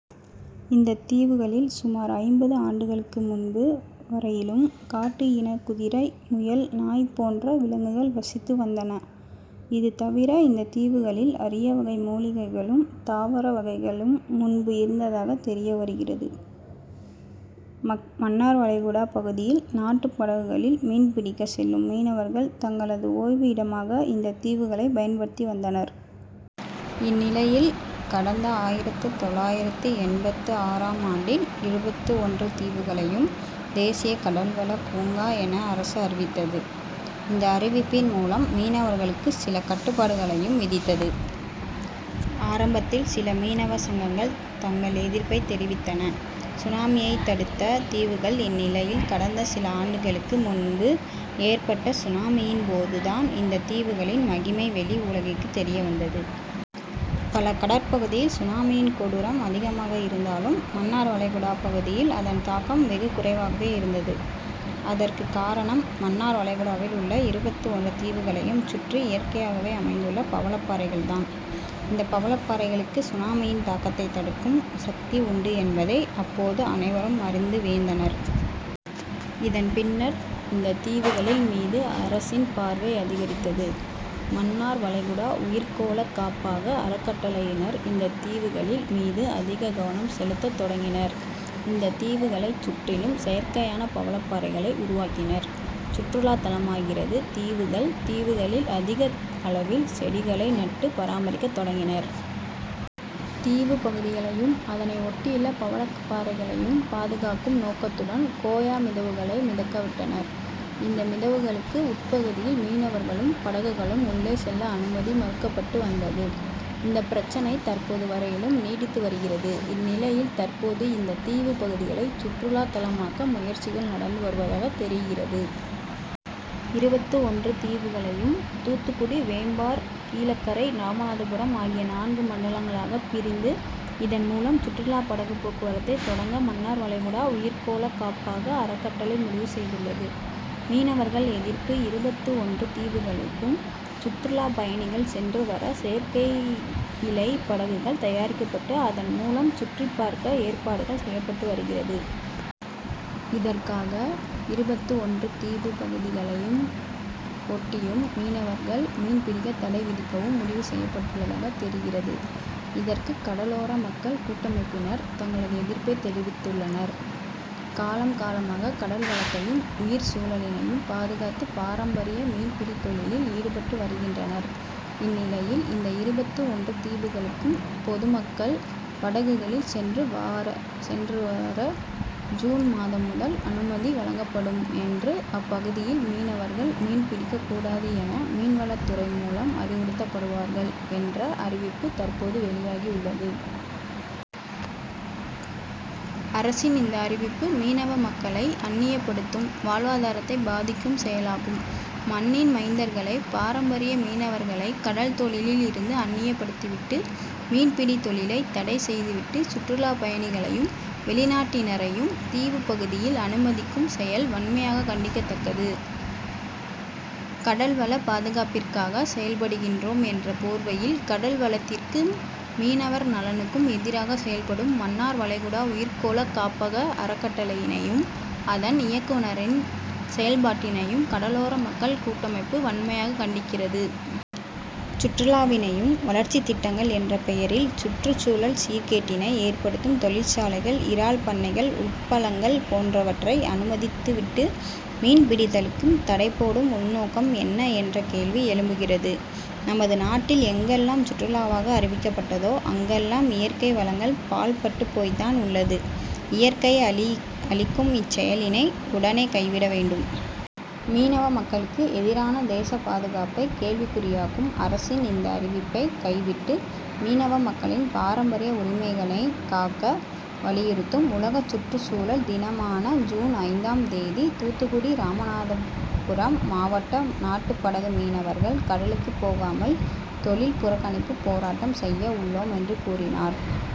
இந்த தீவுகளில் சுமார் ஐம்பது ஆண்டுகளுக்கு முன்பு வரையிலும் காட்டு இன குதிரை, முயல், நாய் போன்ற விலங்குகள் வசித்து வந்தன. இது தவிர இந்த தீவுகளில் அரியவகை மூலிகைகளும், தாவர வகைகளும் முன்பு இருந்ததாக தெரியவருகிறது.மன் மன்னார்வளைகுடா பகுதியில் நாட்டு படகுகளில் மீன்பிடிக்க செல்லும் மீனவர்கள் தங்களது ஓய்வு இடமாக இந்த தீவுகளை பயன்படுத்தி வந்தனர். இந்நிலையில் கடந்த ஆயிரத்து தொள்ளாயிரத்து எண்பத்து ஆறு ம் ஆண்டில் இருபத்து ஒன்று தீவுகளையும் தேசிய கடல்வளப் பூங்கா என அரசு அறிவித்தது. இந்த அறிவிப்பின் மூலம் மீனவர்களுக்கு சில கட்டுபாடுகளையும் விதித்தது. ஆரம்பத்தில் சில மீனவ சங்கங்கள் தங்கள் எதிர்ப்பை தெரிவித்தன. சுனாமியை தடுத்த தீவுகள் இந்நிலையில் கடந்த சில ஆண்டுகளுக்கு முன்பு ஏற்பட்ட சுனாமியின் போது தான் இந்த தீவுகளின் மகிமை வெளி உலகிற்கு தெரியவந்தது. பல கடற்பகுதியில் சுனாமியின் கொடூரம் அதிகமாக இந்தாலும், மன்னார்வளைகுடா பகுதியில் அதன் தாக்கம் வெகு குறைவாகவே இருந்தது. அதற்கு காரணம் மன்னார் வளைகுடாவில் உள்ள இருபத்து ஒன்று தீவுகளையும் சுற்றி இயற்கையாகவே அமைந்துள்ள பவளப்பறைகள் தான். இந்த பவளப்பறைகளுக்கு சுனாமியின் தாக்கத்தை தடுக்கும் சக்தி உண்டு என்பதை அப்போது அனைவரும் அறிந்து வியந்தனர். இதன் பின்னர் இந்த தீவுகளின் மீது அரசின் பார்வை அதிகரித்தது. மன்னார்வளைகுடா உயிர்கோள காப்பாக அறக்கட்டளையினர் இந்த தீவுகளின் மீது அதிக கவனம் செலுத்த தொடங்கினர். இந்த தீவுகளை சுற்றிலும் செயற்கையான பவளப்பாறைகளை உருவாக்கினர். சுற்றுலா தலமாகிறது தீவுகள் தீவுகளில் அதிக அளவில் செடிகளை நட்டு பராமரிக்க தொடங்கினர். தீவு பகுதியையும், அதனை ஒட்டியுள்ள பவளப்பாறைகளையும் பாதுகாக்கும் நோக்கத்துடன் கோயா மிதவைகளை மிதக்கவிட்டனர். இந்த மிதவைகளுக்கு உட்பகுதியில் மீனவர்களும், படகுகளும் உள்ளே செல்ல அனுமதி மறுக்கப்பட்டு வந்தது. இந்த பிரச்னை தற்போது வரையிலும் நீடித்து வருகிறது. இந்நிலையில் தற்போது இந்த தீவு பகுதிகளை சுற்றுலா தலமாக்க முயற்சிகள் நடந்து வருவதாக தெரிகிறது. இருபத்து ஒன்று தீவுகளையும் தூத்துக்குடி, வேம்பார், கீழக்கரை, ராமநாதபுரம் ஆகிய நான்கு மண்டலங்களாக பிரிந்து, இதன் மூலம் சுற்றுலா படகு போக்குவரத்தை தொடங்க மன்னார் வளைகுடா உயிர்கோள காப்பக அறக்கட்டளை முடிவு செய்துள்ளது. மீனவர்கள் எதிர்ப்பு இருபத்து ஒன்று தீவுகளுக்கும் சுற்றுலா பயணிகள் சென்று வர செயற்கைஇழை படகுகள் தயாரிக்கப்பட்டு அதன் மூலம் சுற்றி பார்க்க ஏற்பாடுகள் செய்யப்பட்டு வருகிறது. இதற்காக இருபத்து ஒன்று தீவு பகுதிகளை ஒட்டியும் மீனவர்கள் மீன்பிடிக்க தடை விதிக்கவும் முடிவு செய்யப்பட்டுள்ளதாக தெரிகிறது. இதற்கு கடலோர மக்கள் கூட்டமைப்பினர் தங்களது எதிர்ப்பை தெரிவித்துள்ளனர். காலம், காலமாக கடல்வளத்தையும், உயிர்சூழலினையும் பாதுகாத்து, பாரம்பரிய மீன்பிடித் தொழிலில் ஈடுபட்டு வருகின்றனர். இந்நிலையில் இந்த இருபத்து ஒன்று தீவுகளுக்கும் பொதுமக்கள் படகுகளில் சென்று வார சென்று வர ஜூன் மாதம் முதல் அனுமதிவழங்கப்படும் என்றும், அப்பகுதியில் மீனவர்கள் மீன்பிடிக்க கூடாது என மீன்வளத்துறை மூலம் அறிவுறுத்தப்படுவார்கள் என்ற அறிவிப்பு தற்போது வெளியாகி உள்ளது. அரசின் இந்த அறிவிப்பு மீனவ மக்களை அந்நியப்படுத்தும், வாழ்வாதாரத்தை பாதிக்கும் செயலாகும். மண்ணின் மைந்தர்களை, பாரம்பரிய மீனவர்களை கடல்தொழிலில் இருந்து அந்நியப்படுத்திவிட்டு, மீன்பிடித் தொழிலை தடை செய்துவிட்டு சுற்றுலா பயணிகளையும், வெளிநாட்டினரையும் தீவுப்பகுதியில் அனுமதிக்கும் செயல் வன்மையாக கண்டிக்கத்தக்கது. கடல்வளப்பாதுகாப்பிற்காக செயல்படுகின்றோம் என்ற போர்வையில் கடல்வளத்திற்கும், மீனவர் நலனுக்கும் எதிராக செயல்படும் மன்னார் வளைகுடா உயிர்கோள காப்பக அறக்கட்டளையினையும், அதன் இயக்குனரின் செயல்பாட்டினையும் கடலோர மக்கள் கூட்டமைப்பு வன்மையாக கண்டிக்கிறது. சுற்றுலாவினையும், வளர்ச்சிதிட்டங்கள் என்ற பெயரில் சுற்றுசூழல் சீர்கேட்டினை ஏற்படுத்தும் தொழிற்சாலைகள், இறால் பண்ணைகள், உப்பளங்கள் போன்றவற்றை அனுமதித்துவிட்டு, மீன்பிடித்தலுக்கு தடைபோடும் உள்நோக்கம் என்ன என்ற கேள்வி எழும்புகிறது. நமது நாட்டில் எங்கெல்லாம் சுற்றுலாவாக அறிவிக்கப்பட்டதோ அங்கெல்லாம் இய ற்கை வளங்கள் பாழ்பட்டுபோய்தான் உள்ளது. இயற்கையை அழி க்கும் இச்செயலினை உடனே கைவிடவேண்டும். மீனவ மக்களுக்கு எதிரான, தேசபாதுகாப்பை கேள்விகுறியாக்கும் அரசின் இந்த அறிவிப்பை கைவிட்டு மீனவ மக்களின் பாரம்பரிய உரிமைகளினை காக்க வலியுறுத்தி உலக சுற்றுசூழல் தினமான ஜூன் ஐந்து ம் தேதி தூத்துக்குடி, ராமநாதபுரம் மாவட்ட நாட்டுபடகு மீனவர்கள் கடலுக்கு போகாமல் தொழில் புறக்கணிப்பு போராட்டம் செய்ய உள்ளோம் என்று கூறினார்.